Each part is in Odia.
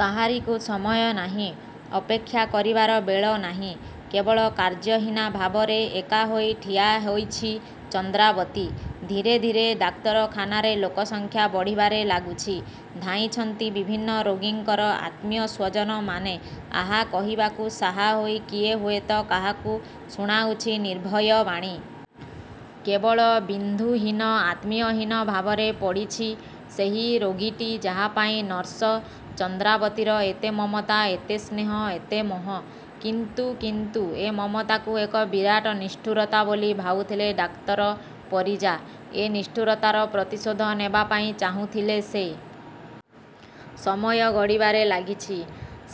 କାହାରିକୁ ସମୟ ନାହିଁ। ଅପେକ୍ଷା କରିବାର ବେଳ ନାହିଁ। କେବଳ କାର୍ଯ୍ୟହୀନା ଭାବରେ ଏକାହୋଇ ଠିଆ ହୋଇଛି ଚନ୍ଦ୍ରାବତୀ। ଧୀରେ ଧୀରେ ଡାକ୍ତରଖାନାରେ ଲୋକସଂଖ୍ୟା ବଢ଼ିବାରେ ଲାଗୁଛି। ଧାଇଁ ଛନ୍ତି ବିଭିନ୍ନ ରୋଗୀଙ୍କର ଆତ୍ମୀୟସ୍ୱଜନମାନେ। ଆହା କହିବାକୁ ସାହା ହୋଇ କିଏ ହୁଏତ କାହାକୁ ଶୁଣାଉଛି ନିର୍ଭୟବାଣୀ। କେବଳ ବିନ୍ଧୁହୀନ ଆତ୍ମୀୟହୀନ ଭାବରେ ପଡ଼ିଛି ସେହି ରୋଗୀଟି ଯାହାପାଇଁ ନର୍ସ ଚନ୍ଦ୍ରାବତୀର ଏତେ ମମତା ଏତେ ସ୍ନେହ ଏତେ ମୋହ। କିନ୍ତୁ କିନ୍ତୁ ଏ ମମତାକୁ ଏକ ବିରାଟ ନିଷ୍ଠୁରତା ବୋଲି ଭାବୁଥିଲେ ଡାକ୍ତର ପରିଜା। ଏ ନିଷ୍ଠୁରତାର ପ୍ରତିଶୋଧ ନେବାପାଇଁ ଚାହୁଥିଲେ ସେ। ସମୟ। ଗଡ଼ିବାରେ ଲାଗିଛି।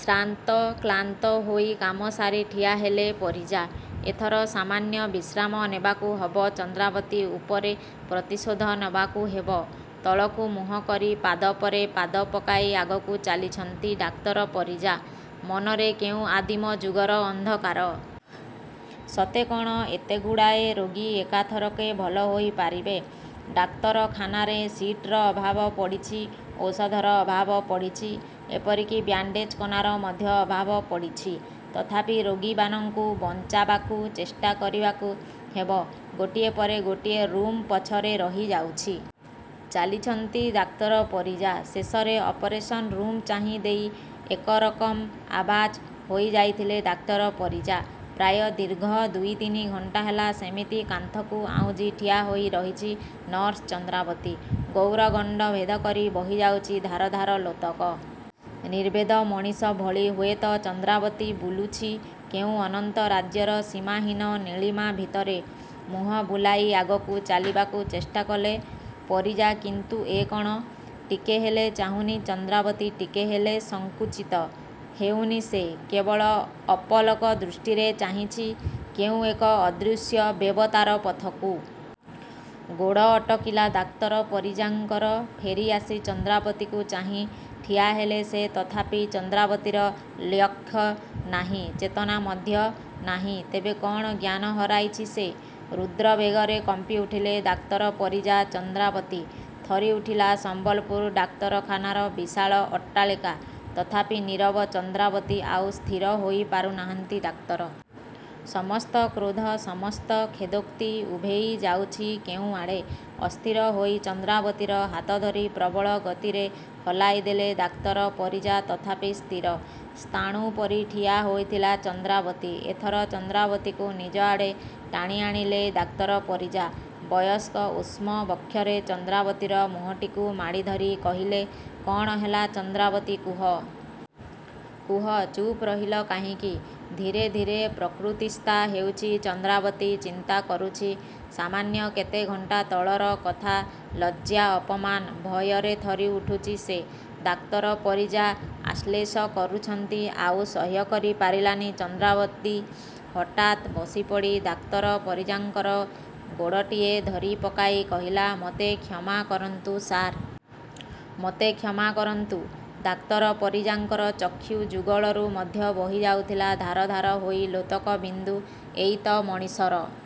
ଶ୍ରାନ୍ତ କ୍ଳାନ୍ତ ହୋଇ କାମ ସାରି ଠିଆହେଲେ ପରିଜା ଏଥର ସାମାନ୍ୟ ବିଶ୍ରାମ ନେବାକୁ ହେବ ଚନ୍ଦ୍ରାବତୀ ଉପରେ ପ୍ରତିଶୋଧ ନେବାକୁ ହେବ, ତଳକୁ ମୁହଁ କରି ପାଦ ପରେ ପାଦ ପକାଇ ଆଗକୁ ଚାଲିଛନ୍ତି ଡାକ୍ତର ପରିଜା। ମନରେ କେଉଁ ଆଦିମ ଯୁଗର ଅନ୍ଧକାର। ସତେ କ'ଣ ଏତେଗୁଡ଼ାଏ ରୋଗୀ ଏକାଥରକେ ଭଲ ହୋଇ ପାରିବେ? ଡାକ୍ତରଖାନାରେ ସିଟ୍ର ଅଭାବ ପଡ଼ିଛି ଔଷଧର ଅଭାବ ପଡ଼ିଛି ଏପରିକି ବ୍ୟାଣ୍ତେଜ କନାର ମଧ୍ୟ ଅଭାବ ପଡ଼ିଛି। ତଥାପି ରୋଗୀବାନଙ୍କୁ ବଞ୍ଚାବାକୁ ଚେଷ୍ଟା କରିବାକୁ ହେବ ଗୋଟିଏ ପରେ ଗୋଟିଏ ରୁମ୍ ପଛରେ ରହିଯାଉଛି। ଚାଲିଛନ୍ତି ଡାକ୍ତର ପରିଜା। ଶେଷରେ ଅପରେସନ୍ ରୁମ୍ ଚାହିଁ ଦେଇ ଏକରକମ୍ ଆବାଜ୍ ହୋଇଯାଇଥିଲେ ଡାକ୍ତର ପରିଜା। ପ୍ରାୟ ଦୀର୍ଘ ଦୁଇ ତିନି ଘଣ୍ଟା ହେଲା ସେମିତି କାନ୍ଥକୁ ଆଉଜି ଠିଆ ହୋଇ ରହିଛି ନର୍ସ ଚନ୍ଦ୍ରାବତୀ। ଗୌର ଗଣ୍ତ ଭେଦକରି ବହିଯାଉଛି ଧାର ଧାର ଲୋତକ। ନିର୍ବେଦ ମଣିଷ ଭଳି ହୁଏତ ଚନ୍ଦ୍ରାବତୀ ବୁଲୁଛି କେଉଁ ଅନନ୍ତ ରାଜ୍ୟର ସୀମାହୀନ ନୀଳିମା ଭିତରେ। ମୁହଁ ବୁଲାଇ ଆଗକୁ ଚାଲିବାକୁ ଚେଷ୍ଟାକଲେ ପରିଜା କିନ୍ତୁ ଏ କ'ଣ, ଟିକେ ହେଲେ ଚାହୁଁନି ଚନ୍ଦ୍ରାବତୀ ଟିକେ ହେଲେ ସଙ୍କୁଚିତ। ହେଉନି ସେ। କେବଳ ଅପଲକ ଦୃଷ୍ଟିରେ ଚାହିଁଛି କେଉଁ ଏକ ଅଦୃଶ୍ୟ ବେବତାର ପଥକୁ। ଗୋଡ଼ ଅଟକିଲା ଡାକ୍ତର ପରିଜାଙ୍କର। ଫେରିଆସି ଚନ୍ଦ୍ରାବତୀକୁ ଚାହିଁ ଠିଆ ହେଲେ ସେ ତଥାପି ଚନ୍ଦ୍ରାବତୀର ଲ୍ୟକ୍ଷ ନାହିଁ ଚେତନା ମଧ୍ୟ ନାହିଁ ତେବେ କ'ଣ ଜ୍ଞାନ ହରାଇଛି ସେ? ରୁଦ୍ର ବେଗରେ କମ୍ପି ଉଠିଲେ ଡାକ୍ତର ପରିଜା ''ଚନ୍ଦ୍ରାବତୀ! '' ଥରି ଉଠିଲା ସମ୍ୱଲପୁର ଡାକ୍ତରଖାନାର ବିଶାଳ ଅଟ୍ଟାଳିକା ତଥାପି ନୀରବ ଚନ୍ଦ୍ରାବତୀ ଆଉ ସ୍ଥିର ହୋଇପାରୁନାହାନ୍ତି ଡାକ୍ତର। ସମସ୍ତ କ୍ରୋଧ ସମସ୍ତ ଖେଦୋକ୍ତି ଉଭେଇ ଯାଉଛି କେଉଁଆଡ଼େ। ଅସ୍ଥିର ହୋଇ ଚନ୍ଦ୍ରାବତୀର ହାତଧରି ପ୍ରବଳ ଗତିରେ ହଲାଇ ଦେଲେ ଡାକ୍ତର ପରିଜା ତଥାପି ସ୍ଥିର ସ୍ଥାଣୁ ପରି ଠିଆ ହୋଇଥିଲା ଚନ୍ଦ୍ରାବତୀ ଏଥର ଚନ୍ଦ୍ରାବତୀକୁ ନିଜଆଡ଼େ ଟାଣିଆଣିଲେ ଡାକ୍ତର ପରିଜା। ବୟସ୍କ ଉଷ୍ମ ବକ୍ଷରେ ଚନ୍ଦ୍ରାବତୀର ମୁହଁଟିକୁ ମାଡ଼ି ଧରି କହିଲେ-''କ'ଣ ହେଲା ଚନ୍ଦ୍ରାବତୀ କୁହ କୁହ ଚୁପ୍ ରହିଲ କାହିଁକି? '' ଧୀରେ ଧୀରେ ପ୍ରକୃତିସ୍ଥା ହେଉଛି ଚନ୍ଦ୍ରାବତୀ ଚିନ୍ତାକରୁଛି ସାମାନ୍ୟ କେତେ ଘଣ୍ଟା ତଳର କଥା ଲଜ୍ଜା ଅପମାନ ଭୟରେ ଥରି ଉଠୁଛି ସେ। ଡାକ୍ତର ପରିଜା ଆଶ୍ଳେଷ କରୁଛନ୍ତି ଆଉ ସହ୍ୟକରି ପାରିଲାନି ଚନ୍ଦ୍ରାବତୀ ହଠାତ୍ ବସିପଡ଼ି ଡାକ୍ତର ପରିଜାଙ୍କର ଗୋଡ଼ଟିଏ ଧରି ପକାଇ କହିଲା-''ମୋତେ କ୍ଷମାକରନ୍ତୁ ସାର! ମୋତେ କ୍ଷମାକରନ୍ତୁ '' ଡାକ୍ତର ପରିଜାଙ୍କର ଚକ୍ଷୁ ଯୁଗଳରୁ ମଧ୍ୟ ବହିଯାଉଥିଲା ଧାର ଧାର ହୋଇ ଲୋତକ ବିନ୍ଦୁ ଏଇ ତ' ମଣିଷର